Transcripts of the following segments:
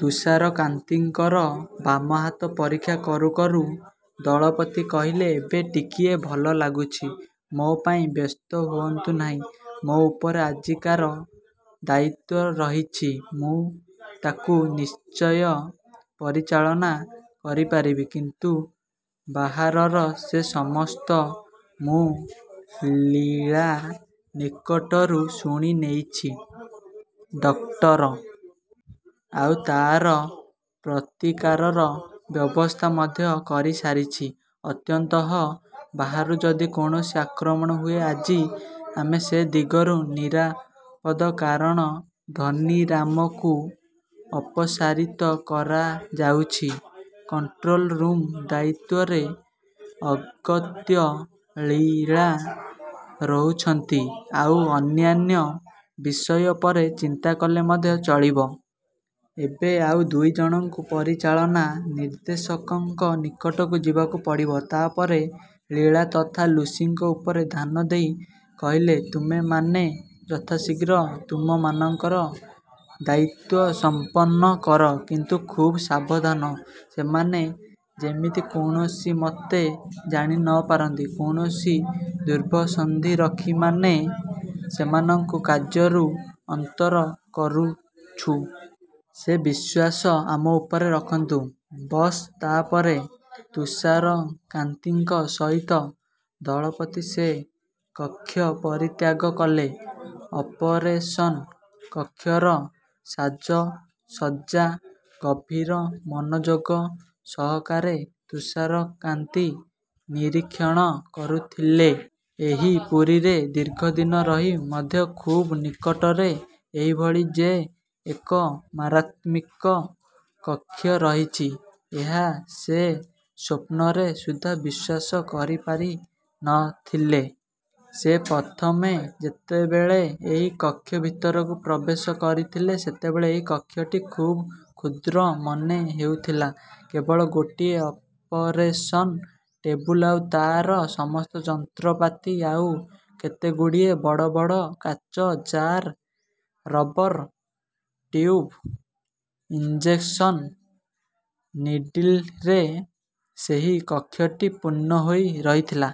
ତୁଷାରକାନ୍ତିଙ୍କର ବାମ ହାତ ପରୀକ୍ଷା କରୁ କରୁ ଦଳପତି କହିଲେ ଏବେ ଟିକିଏ ଭଲ ଲାଗୁଛି? ମୋ ପାଇଁ ବ୍ୟସ୍ତ ହୁଅନ୍ତୁ ନାହିଁ। ମୋ ଉପରେ ଆଜିକାର ଦାୟିତ୍ୱ ରହିଛି ମୁଁ ତାକୁ ନିଶ୍ଚୟ ପରିଚାଳନା କରିପାରିବି। କିନ୍ତୁ ବାହାରର ସେ ସମସ୍ତ ମୁଁ ଲୀଳା ନିକଟରୁ ଶୁଣିନେଇଛି ଡକ୍ଟର। ଆଉ ତା’ର ପ୍ରତିକାରର ବ୍ୟବସ୍ଥା ମଧ୍ୟ କରିସାରିଛି। ଅନ୍ତତଃ ବାହାରୁ ଯଦି କୌଣସି ଆକ୍ରମଣ ହୁଏ ଆଜି ଆମେ ସେ ଦିଗରୁ ନିରାପଦ। କାରଣ ଧନୀରାମକୁ ଅପସାରିତ କରାଯାଉଛି। କଣ୍ଟ୍ରୋଲ୍ ରୁମ୍ ଦାୟିତ୍ୱରେ ଅଗତ୍ୟା ଲୀଳା ରହୁଛନ୍ତି। ଆଉ ଅନ୍ୟାନ୍ୟ ବିଷୟ ପରେ ଚିନ୍ତା କଲେ ମଧ୍ୟ ଚଳିବ। ଏବେ ଆମ ଦୁଇ ଜଣଙ୍କୁ ପରିଚାଳନା ନିର୍ଦ୍ଦେଶକଙ୍କ ନିକଟକୁ ଯିବାକୁ ପଡ଼ିବ। ତା’ ପରେ ଲୀଳା ତଥା ଲୁସିଙ୍କ ଉପରେ ଧ୍ୟାନ ଦେଇ କହିଲେ ତୁମେମାନେ ଯଥାଶୀଘ୍ର ତୁମମାନଙ୍କର ଦାୟିତ୍ୱ ସମ୍ପନ୍ନ କର। କିନ୍ତୁ ଖୁବ୍ ସାବଧାନ! ସେମାନେ ଯେମିତି କୌଣସିମତେ ଜାଣି ନ ପାରନ୍ତି କୌଣସି ଦୁର୍ଭିସନ୍ଧି ରଖି ଆମେ ସେମାନଙ୍କୁ କାର୍ଯ୍ୟରୁ ଅନ୍ତର କରୁଛୁ। ସେ ବିଶ୍ୱାସ ଆମ ଉପରେ ରଖନ୍ତୁ ବସ୍। ତା’ ପରେ ତୁଷାରକାନ୍ତିଙ୍କ ସହିତ ଦଳପତି ସେ କକ୍ଷ ପରିତ୍ୟାଗ କଲେ। ଅପରେସନ୍ କକ୍ଷର ସାଜସଜ୍ଜା ଗଭୀର ମନୋଯୋଗ ସହକାରେ ତୁଷାରକାନ୍ତି ନିରୀକ୍ଷଣ କରୁଥିଲେ। ଏହି ପୁରୀରେ ଦୀର୍ଘ ଦିନ ରହି ମଧ୍ୟ ଖୁବ୍ ନିକଟରେ ଏହିଭଳି ଯେ ଏକ ମାରାତ୍ମକ କକ୍ଷ ରହିଛି ଏହା ସେ ସ୍ୱପ୍ନରେ ସୁଦ୍ଧା ବିଶ୍ୱାସ କରିପାରି ନ ଥିଲେ। ସେ ପ୍ରଥମେ ଯେତେବେଳେ ଏହି କକ୍ଷ ଭିତରକୁ ପ୍ରବେଶ କରିଥିଲେ ସେତେବେଳେ ଏହି କକ୍ଷଟି ଖୁବ୍ କ୍ଷୁଦ୍ର ମନେ ହେଉଥିଲା। କେବଳ ଗୋଟିଏ ଅପରେସନ୍ ଟେବୁଲ୍ ଆଉ ତା’ର ସମସ୍ତ ଯନ୍ତ୍ରପାତି। ଆଉ କେତେଗୁଡ଼ିଏ ବଡ଼ ବଡ଼ କାଚ ଜାର୍ ରବର୍ ଟ୍ୟୁବ୍ ଇଞ୍ଜେକ୍ସନ୍ ନିଡିଲ୍‌ରେ ସେହି କକ୍ଷଟି ପୂର୍ଣ୍ଣ ହୋଇ ରହିଥିଲା।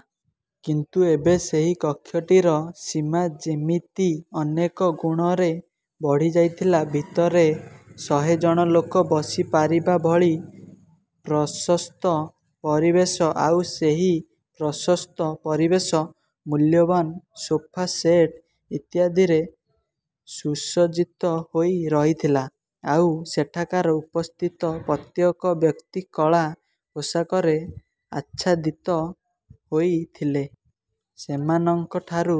କିନ୍ତୁ ଏବେ ସେହି କକ୍ଷଟିର ସୀମା ଯେମିତି ଅନେକ ଗୁଣରେ ବଢ଼ିଯାଇଥିଲା। ଭିତରେ ଶହେ ଜଣ ଲୋକ ବସିପାରିବା ଭଳି ପ୍ରଶସ୍ତ ପରିବେଶ। ଆଉ ସେହି ପ୍ରଶସ୍ତ ପରିବେଶ ମୂଲ୍ୟବାନ୍ ସୋଫା ସେଟ୍ ଇତ୍ୟାଦିରେ ସୁସଜ୍ଜିତ ହୋଇ ରହିଥିଲା। ଆଉ ସେଠାକାର ଉପସ୍ଥିତ ପ୍ରତ୍ୟେକ ବ୍ୟକ୍ତି କଳା ପୋଷାକରେ ଆଚ୍ଛାଦିତ ହୋଇଥିଲେ। ସେମାନଙ୍କଠାରୁ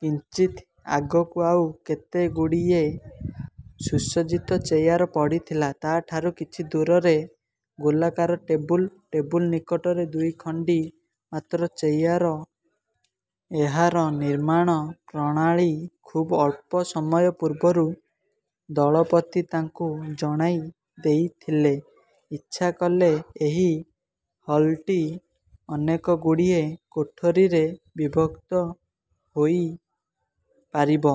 କିଞ୍ଚିତ୍ ଆଗକୁ ଆଉ କେତେଗୁଡ଼ିଏ ସୁସଜ୍ଜିତ ଚେୟାର ପଡ଼ିଥିଲା। ତା’ ଠାରୁ କିଛି ଦୂରରେ ଗୋଲାକାର ଟେବୁଲ୍। ଟେବୁଲ୍ ନିକଟରେ ଦୁଇଖଣ୍ଡି ମାତ୍ର ଚେୟାର। ଏହାର ନିର୍ମାଣ ପ୍ରଣାଳୀ ଖୁବ୍ ଅଳ୍ପ ସମୟ ପୂର୍ବରୁ ଦଳପତି ତାଙ୍କୁ ଜଣାଇ ଦେଇଥିଲେ। ଇଚ୍ଛା କଲେ ଏହି ହଲ୍‌ଟି ଅନେକଗୁଡ଼ିଏ କୋଠରିରେ ବିଭକ୍ତ ହୋଇପାରିବ।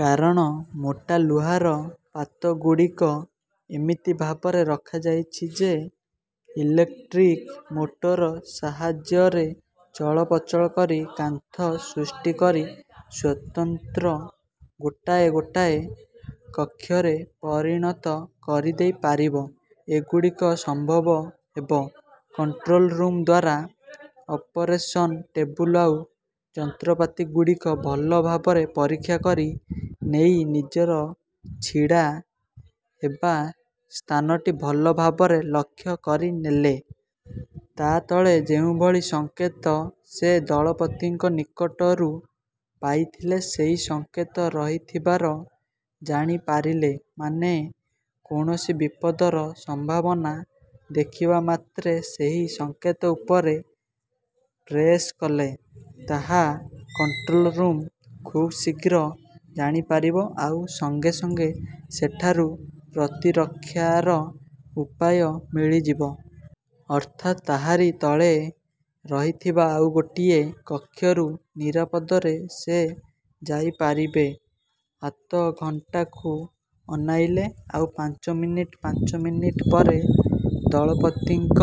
କାରଣ ମୋଟା ଲୁହାର ପାତଗୁଡ଼ିକ ଏମିତି ଭାବରେ ରଖାଯାଇଛି ଯେ ଇଲେକ୍ଟ୍ରିକ୍ ମୋଟର ସାହାଯ୍ୟରେ ଚଳପ୍ରଚଳ କରି କାନ୍ଥ ସୃଷ୍ଟି କରି ସ୍ୱତନ୍ତ୍ର ଗୋଟାଏ ଗୋଟାଏ କକ୍ଷରେ ପରିଣତ କରିଦେଇ ପାରିବ। ଏଗୁଡ଼ିକ ସମ୍ଭବ ହେବ କଣ୍ଟ୍ରୋଲ୍ ରୁମ୍ ଦ୍ୱାରା। ଅପରେସନ୍ ଟେବୁଲ୍ ଆଉ ଯନ୍ତ୍ରପାତିଗୁଡ଼ିକ ଭଲ ଭାବରେ ପରୀକ୍ଷା କରି ନେଇ ନିଜର ଛିଡ଼ା ହେବା ସ୍ଥାନଟି ଭଲ ଭାବରେ ଲକ୍ଷ୍ୟ କରିନେଲେ। ତା’ ତଳେ ଯେଉଁଭଳି ସଙ୍କେତ ସେ ଦଳପତିଙ୍କ ନିକଟରୁ ପାଇଥିଲେ ସେହି ସଙ୍କେତ ରହିଥିବାର ଜାଣିପାରିଲେ। ମାନେ କୌଣସି ବିପଦର ସମ୍ଭାବନା ଦେଖିବା ମାତ୍ରେ ସେହି ସଙ୍କେତ ଉପରେ ପ୍ରେସ୍ କଲେ ତାହା କଣ୍ଟ୍ରୋଲ୍ ରୁମ୍ ଖୁବ୍ ଶୀଘ୍ର ଜାଣିପାରିବ ଆଉ ସଙ୍ଗେ ସଙ୍ଗେ ସେଠାରୁ ପ୍ରତିରକ୍ଷାର ଉପାୟ ମିଳିଯିବ। ଅର୍ଥାତ୍ ତାହାରି ତଳେ ରହିଥିବା ଆଉ ଗୋଟିଏ କକ୍ଷକୁ ନିରାପଦରେ ସେ ଯାଇପାରିବେ। ହାତଘଣ୍ଟାକୁ ଅନାଇଲେ ଆଉ ପାଞ୍ଚ ମିନିଟ୍। ପାଞ୍ଚ ମିନିଟ୍ ପରେ ଦଳପତିଙ୍କ